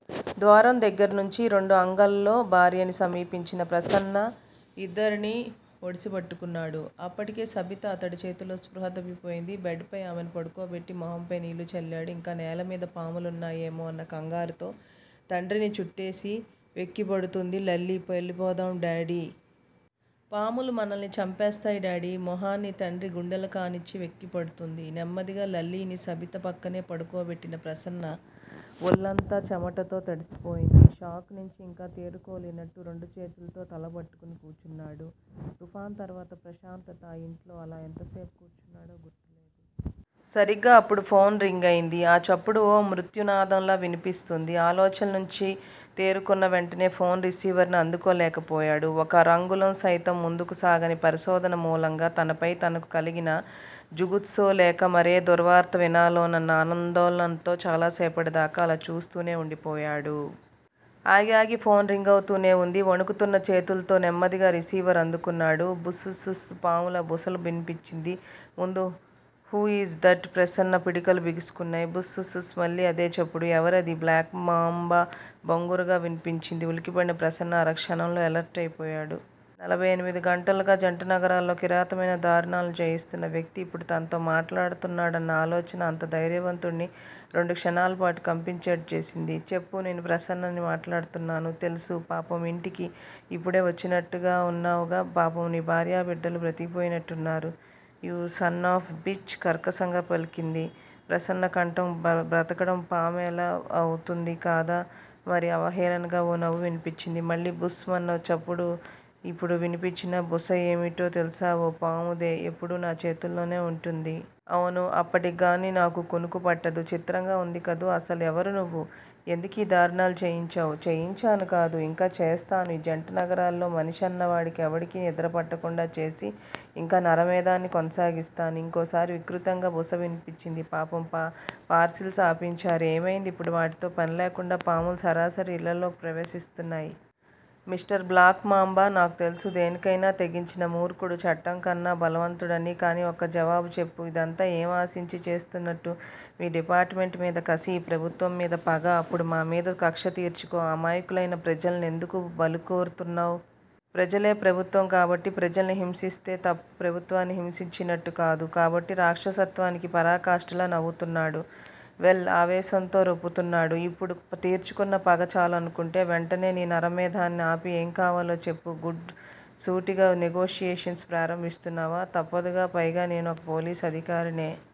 ద్వారం దగ్గర్నుంచి రెండు అంగల్లో భార్యని సమీపించిన ప్రసన్న ఇద్దర్నీ ఒడిసిపట్టుకున్నాడు. అప్పటికే సబిత అతడి చేతుల్లో స్పృహ తప్పిపోయింది. బెడ్ పై ఆమెను పడుకోబెట్టి మొహంపై నీళ్ళు చల్లాడు ఇంకా నేలమీద పాములున్నాయేమో అన్న కంగారుతో తండ్రిని చుట్టేసి వెక్కిపడుతూంది లల్లీ వెళ్ళిపోదాం డాడీ. పాములు మనల్ని చంపేస్తాయి డాడీ మొహాన్ని తండ్రి గుండెలకానించి వెక్కిపడుతూంది. నెమ్మదిగా లల్లీని సబిత పక్కనే పడుకోబెట్టిన ప్రసన్న ఒళ్ళంతా చెమటతో తడిసిపోయింది. షాక్ నుంచి ఇంకా తేరుకోలేనట్టు రెండు చేతుల్తో తల పట్టుకుని కూచున్నాడు తుఫాను తర్వాత ప్రశాంతత ఆ ఇంటిలో. అలా ఎంతసేపు కూర్చున్నాడో గుర్తులేదు. సరిగ్గా అప్పుడు ఫోన్ రింగయింది ఆ చప్పుడు ఓ మృత్యునాదంలా వినిపిస్తూంది ఆలోచనలనుంచే తేరుకున్నా వెంటనే ఫోన్ రిసీవర్ని అందుకోలేకపోయాడు ఒక్క అరంగుళం సైతం ముందుకు సాగని పరిశోధన మూలంగా తనపై తనకు కలిగిన జుగుస్సో లేక మరే దుర్వార్త వినాలోనన్న ఆందోళనతో చాలా సేపటిదాకా అలా చూస్తూనే వుండిపోయాడు. ఆగి ఆగి ఫోన్ రింగవుతూనే వుంది. వణుకుతున్న చేతుల్తో నెమ్మదిగా రిసీవర్ అందుకున్నాడు. బుస్ స్ స్ స్ పాములా బుసలా వినిపించింది ముందు హు యీజ్ దట్ ప్రసన్న పిడికిళ్ళు బిగుసుకున్నాయి. బుస్ స్ స్ స్ మళ్ళీ అదే చప్పుడు. ఎవరది? బ్లాక్ మాంబా బొంగురుగా వినిపించింది ఉలికిపడిన ప్రసన్న అరక్షణంలో ఎలర్టయిపోయాడు. నలభై ఎనిమిదిగంటలుగా జంటనగరాల్లో కిరాతమైన దారుణాలను చేయిస్తున్న వ్యక్తి ఇప్పుడు తనతో మాటాడుతున్నాడన్నా ఆలోచన అంత ధైర్యవంతుడ్నీ రెండు క్షణాలపాటు కంపించేట్టు చేసింది. చెప్పు నేను ప్రసన్నని మాటాడుతున్నాను. తెలుసు. పాపం ఇంటికి ఇప్పుడే వచ్చినట్టున్నావుగా పాపం నీ భార్యాబిడ్డలు బ్రతికిపోయినట్టున్నారు యూ సన్నాఫే బిచ్ కర్కశంగా పలికింది ప్రసన్న కంఠం బ్రతకడం పాపమెలా అవుతుంది కాదా మరి అవహేళనగా ఓ నవ్వు వినిపించింది మళ్ళీ బుస్ మన్న చప్పుడు ఇప్పుడు వినిపించిన బుస ఏమిటో తెలుసా ఓ పాముదే ఎప్పుడూ నా చేతుల్లోనే వుంటుంది. అవును అప్పటికిగాని నాకు కునుకు పట్టదు చిత్రంగా వుందికదూ. అసలు ఎవరు నువ్వు? ఎందుకీ దారుణాలు చేయించావు? చేయించానూ కాదు ఇంకా చేస్తాను ఈ జంటనగరాలలో మనిషన్న వాడికెవడికీ నిద్రపట్టకుండా చేసి ఇంకా నరమేధాన్ని కొనసాగిస్తాను ఇంకోసారి వికృతంగా బుస వినిపించింది. పాపం పార్శిల్స్ ఆపించారు ఏమైంది ఇప్పుడు వాటితో పనిలేకుండా పాములు సరాసరి ఇళ్ళలో ప్రవేశిస్తున్నాయి. Mister black mamba. నాకు తెలుసు దేనికైనా తెగించిన మూర్ఖుడు చట్టంకన్నా బలవంతుడని కాని ఒక్క జవాబు చెప్పు. ఇదంతా ఏం ఆశించి చేస్తున్నట్టు? మీ డిపార్ట్ మెంటుమీద కసి ఈ ప్రభుత్వం మీద పగ. అప్పుడు మామీద కక్ష తీర్చుకో. అమాయకులైన ప్రజల్నెందుకు బలికోరుతున్నావు? ప్రజలే ప్రభుత్వం కాబట్టి ప్రజల్ని హింసిస్తే తప్ప ప్రభుత్వాన్ని హింసించినట్టుకాదు కాబట్టి రాక్షసత్వానికి పరాకాష్టలా నవ్వుతున్నాడు. వెల్ ఆవేశంతో రొప్పుతున్నాడు. ఇప్పుడు తీర్చుకున్న పగ చాలనుకుంటే వెంటనే నీ నరమేధాన్ని ఆపి ఏం కావాలో చెప్పు గుడ్ సూటిగా నెగోషియేషన్స్ ప్రారంభిస్తున్నావా? తప్పదుగా పైగా నేనూ ఒక పోలీసు అధికారినే?